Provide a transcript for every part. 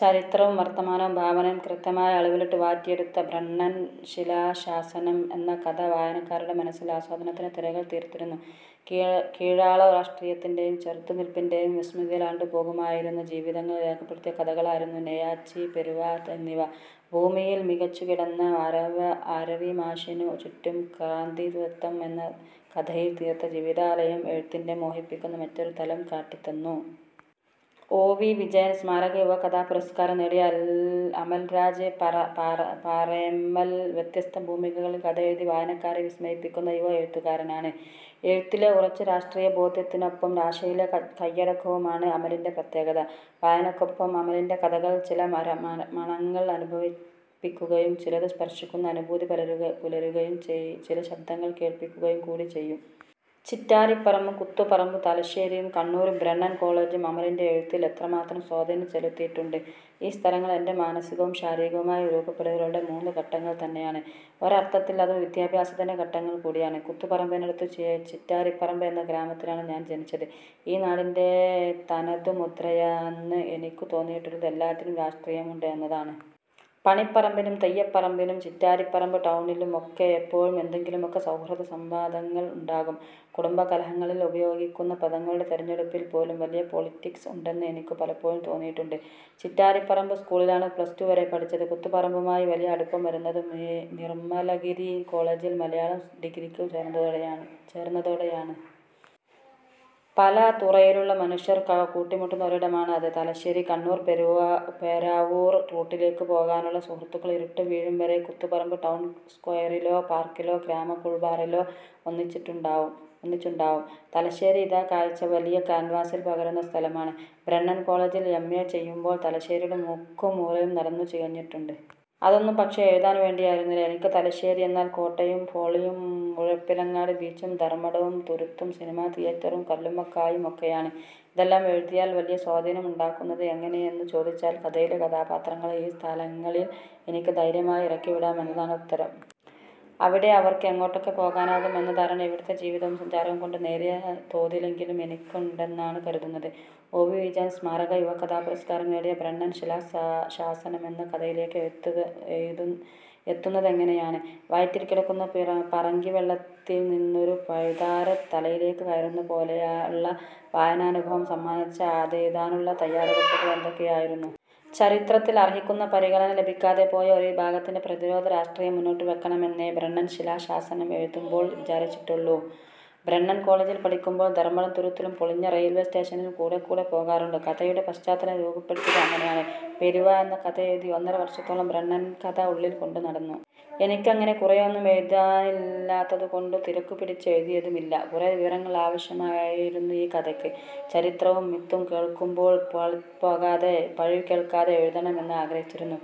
ചരിത്രവും വർത്തമാനവും ഭാവനയും കൃത്യമായ അളവിലിട്ടു വാറ്റിയെടുത്ത ' ബ്രണ്ണൻ ശിലാശാസനം ' എന്ന കഥ വായനക്കാരുടെ മനസ്സിൽ ആസ്വാദനത്തിന്റെ തിരകൾ തീർത്തിരുന്നു. കീഴാള രാഷ്ട്രീയത്തിന്റെയും ചെറുത്തുനിൽപിന്റെയും, വിസ്മൃതിയിലാണ്ടുപോകുമായിരുന്ന ജീവിതങ്ങൾ രേഖപ്പെടുത്തിയ കഥകളായിരുന്നു നൊയിച്ചി, പെരുവ എന്നിവ. ' ഭൂമി'യിൽ മരിച്ചുകിടന്ന അരവിമാഷിനു ചുറ്റും ' ക്രാന്തിവൃത്തം ' എന്ന കഥയിൽ തീർത്ത ജീവിതവലയം എഴുത്തിന്റെ മോഹിപ്പിക്കുന്ന മറ്റൊരു തലം കാട്ടിത്തന്നു. ഒ. വി. വിജയൻ സ്മാരക യുവ കഥാപുരസ്കാരം നേടിയ അമൽരാജ് പാറേമ്മൽ വ്യത്യസ്ത ഭൂമികകളിൽ കഥകളെഴുതി വായനക്കാരെ വിസ്മയിപ്പിക്കുന്ന യുവ എഴുത്തുകാരനാണ്. എഴുത്തിലെ ഉറച്ച രാഷ്ട്രീയബോധ്യത്തിനൊപ്പം ഭാഷയിലെ കയ്യടക്കവുമാണ് അമലിന്റെ പ്രത്യേകത. വായനയ്ക്കൊപ്പം അമലിന്റെ കഥകൾ ചില മണങ്ങൾ അനുഭവിപ്പിക്കുകയും ചിലതു സ്പർശിക്കുന്ന അനുഭൂതി പകരുകയും ചില ശബ്ദങ്ങൾ കേൾപ്പിക്കുകയും കൂടി ചെയ്യും. ചിറ്റാരിപ്പറമ്പും കൂത്തുപറമ്പും തലശ്ശേരിയും കണ്ണൂരും ബ്രണ്ണൻ കോളജും അമലിന്റെ എഴുത്തിൽ എത്ര മാത്രം സ്വാധീനം ചെലുത്തിയിട്ടുണ്ട്? ഈ സ്ഥലങ്ങൾ എന്റെ മാനസികവും ശാരീരികവുമായ രൂപപ്പെടലുകളുടെ മൂന്നു ഘട്ടങ്ങൾ തന്നെയാണ്. ഒരർഥത്തിൽ അതു വിദ്യാഭ്യാസത്തിന്റെ ഘട്ടങ്ങൾ കൂടിയാണ്. കൂത്തുപറമ്പിനടുത്തു ചിറ്റാരിപ്പറമ്പ് എന്ന ഗ്രാമത്തിലാണു ഞാൻ ജനിച്ചത്. ഈ നാടിന്റെ തനതുമുദ്രയെന്ന് എനിക്കു തോന്നിയിട്ടുള്ളത് എല്ലാറ്റിനും രാഷ്ട്രീയമുണ്ട് എന്നതാണ്. പണിപ്പറമ്പിലും തെയ്യപ്പറമ്പിലും ചിറ്റാരിപ്പറമ്പ് ടൗണിലും ഒക്കെ എപ്പോഴും എന്തെങ്കിലുമൊക്കെ സൗഹൃദ സംവാദങ്ങൾ ഉണ്ടാകും. കുടുംബ കലഹങ്ങളിൽ പ്രയോഗിക്കുന്ന പദങ്ങളുടെ തിരഞ്ഞെടുപ്പിൽ പോലും വലിയ പൊളിറ്റിക്സ് ഉണ്ടെന്ന് എനിക്കു പലപ്പോഴും തോന്നിയിട്ടുണ്ട്. ചിറ്റാരിപ്പറമ്പ് സ്കൂളിലാണു പ്ലസ്ടു വരെ പഠിച്ചത്. കൂത്തുപറമ്പുമായി വലിയ അടുപ്പം വരുന്നതു നിർമലഗിരി കോളജിൽ മലയാളം ഡിഗ്രിക്ക് ചേർന്നതോടെയാണ്. പല തുറയിലുള്ള മനുഷ്യർ കൂട്ടിമുട്ടുന്ന ഒരിടമാണ് അത്. തലശ്ശേരി, കണ്ണൂർ, പേരാവൂർ റൂട്ടിലേക്ക് പോകാനുള്ള സുഹൃത്തുക്കൾ ഇരുട്ടു വീഴും വരെ കൂത്തുപറമ്പ് ടൗൺ സ്ക്വയറിലോ പാർക്കിലോ ഗ്രാമ കൂൾബാറിലോ ഒന്നിച്ചുണ്ടാകും. തലശ്ശേരി ഇതേ കാഴ്ച വലിയ കാൻവാസിൽ പകരുന്ന സ്ഥലമാണ്. ബ്രണ്ണൻ കോളജിൽ എംഎ ചെയ്യുമ്പോൾ തലശ്ശേരിയുടെ മുക്കും മൂലയും നടന്നു ചികഞ്ഞിട്ടുണ്ട്. അതൊന്നും പക്ഷേ, എഴുതാൻ വേണ്ടിയായിരുന്നില്ല. എനിക്കു തലശ്ശേരിയെന്നാൽ കോട്ടയും ഫോളിയും മുഴപ്പിലങ്ങാട് ബീച്ചും ധർമടം തുരുത്തും സിനിമാ തിയറ്ററും കല്ലുമ്മക്കായും ഒക്കെയാണ്. ഇതെല്ലാം എഴുത്തിൽ വലിയ സ്വാധീനം ഉണ്ടാക്കുന്നത് എങ്ങനെ എന്നു ചോദിച്ചാൽ കഥയിലെ കഥാപാത്രങ്ങളെ ഈ സ്ഥലങ്ങളിൽ എനിക്ക് ധൈര്യമായി ഇറക്കി വിടാം എന്നതാണ് ഉത്തരം. അവിടെ അവർക്ക് എങ്ങോട്ടൊക്കെ പോകാനാകും എന്ന ധാരണ ഇവിടുത്തെ ജീവിതവും സഞ്ചാരവും കൊണ്ടു നേരിയ തോതിലെങ്കിലും എനിക്കുണ്ടെന്നാണു കരുതുന്നത്. ഒ. വി. വിജയൻ സ്മാരക യുവകഥാപുരസ്കാരം നേടിയ ' ബ്രണ്ണൻ ശിലാശാസനം ' എന്ന കഥയിലേക്ക് എത്തുന്നതെങ്ങനെയാണ്? വയറ്റിൽ കിടക്കുന്ന പറങ്കിവെള്ളത്തിൽ നിന്നൊരു പഴുതാര തലയിലേക്ക് കയറുന്ന പോലെയുള്ള വായനാനുഭവം സമ്മാനിച്ച അതെഴുതാനുള്ള തയാറെടുപ്പുകൾ എന്തൊക്കെയായിരുന്നു? ചരിത്രത്തിൽ അർഹിക്കുന്ന പരിഗണന ലഭിക്കാതെ പോയ ഒരു വിഭാഗത്തിന്റെ പ്രതിരോധ രാഷ്ട്രീയം മുന്നോട്ടുവയ്ക്കണമെന്നേ ' ബ്രണ്ണൻ ശിലാശാസനം ' എഴുതുമ്പോൾ വിചാരിച്ചുള്ളൂ. ബ്രണ്ണൻ കോളജിൽ പഠിക്കുമ്പോൾ ധർമടം തുരുത്തിലും പൊളിഞ്ഞ റയിൽവേ സ്റ്റേഷനിലും കൂടെക്കൂടെ പോകാറുണ്ട്. കഥയുടെ പശ്ചാത്തലം രൂപപ്പെടുത്തിയത് അങ്ങനെയാണ്. ' പെരുവ ' എന്ന കഥയെഴുതി ഒന്നര വർഷത്തോളം ബ്രണ്ണൻകഥ ഉള്ളിൽ കൊണ്ടു നടന്നു. എനിക്കങ്ങനെ കുറെയൊന്നും എഴുതാനില്ലാത്തതു കൊണ്ടു തിരക്കുപിടിച്ച് എഴുതിയതുമില്ല. കുറേ വിവരങ്ങൾ ആവശ്യമായിരുന്നു ഈ കഥയ്ക്ക്. ചരിത്രവും മിത്തും കോർക്കുമ്പോൾ പാളിപ്പോകാതെ, പഴി കേൾക്കാതെ എഴുതണം എന്ന് ആഗ്രഹിച്ചിരുന്നു.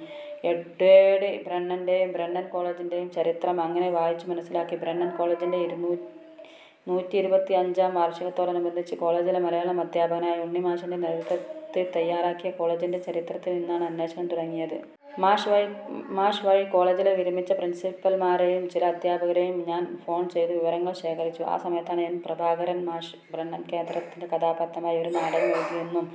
എഡ്വേഡ് ബ്രണ്ണന്റെയും ബ്രണ്ണൻ കോളജിന്റെയും ചരിത്രം അങ്ങനെ വായിച്ചു മനസ്സിലാക്കി. ബ്രണ്ണൻ കോളജിന്റെ നൂറ്റിഇരുപത്തിഅഞ്ചാം വാർഷികത്തോടനുബന്ധിച്ചു കോളജിലെ മലയാളം അധ്യാപകനായ ഉണ്ണിമാഷിന്റെ നേതൃത്വത്തിൽ തയാറാക്കിയ കോളജിന്റെ ചരിത്രത്തിൽ നിന്നാണ് അന്വേഷണം തുടങ്ങിയത്. മാഷ് വഴി, കോളജിലെ വിരമിച്ച പ്രിൻസിപ്പൽമാരെയും ചില അധ്യാപകരെയും ഞാൻ ഫോൺ ചെയ്തു വിവരങ്ങൾ ശേഖരിച്ചു. ആ സമയത്താണ് എൻ. പ്രഭാകരൻ മാഷ് ബ്രണ്ണൻ കേന്ദ്ര കഥാപാത്രമായി ഒരു നാടകം എഴുതിയെന്നും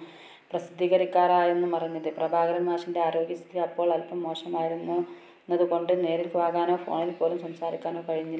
പ്രസിദ്ധീകരിക്കാറായെന്നും അറിഞ്ഞത്. പ്രഭാകരൻ മാഷിന്റെ ആരോഗ്യസ്ഥിതി അപ്പോൾ അൽപം മോശമായിരുന്നതു കൊണ്ടു നേരിൽ പോകാനോ ഫോണിൽ പോലും സംസാരിക്കാനോ കഴിഞ്ഞില്ല.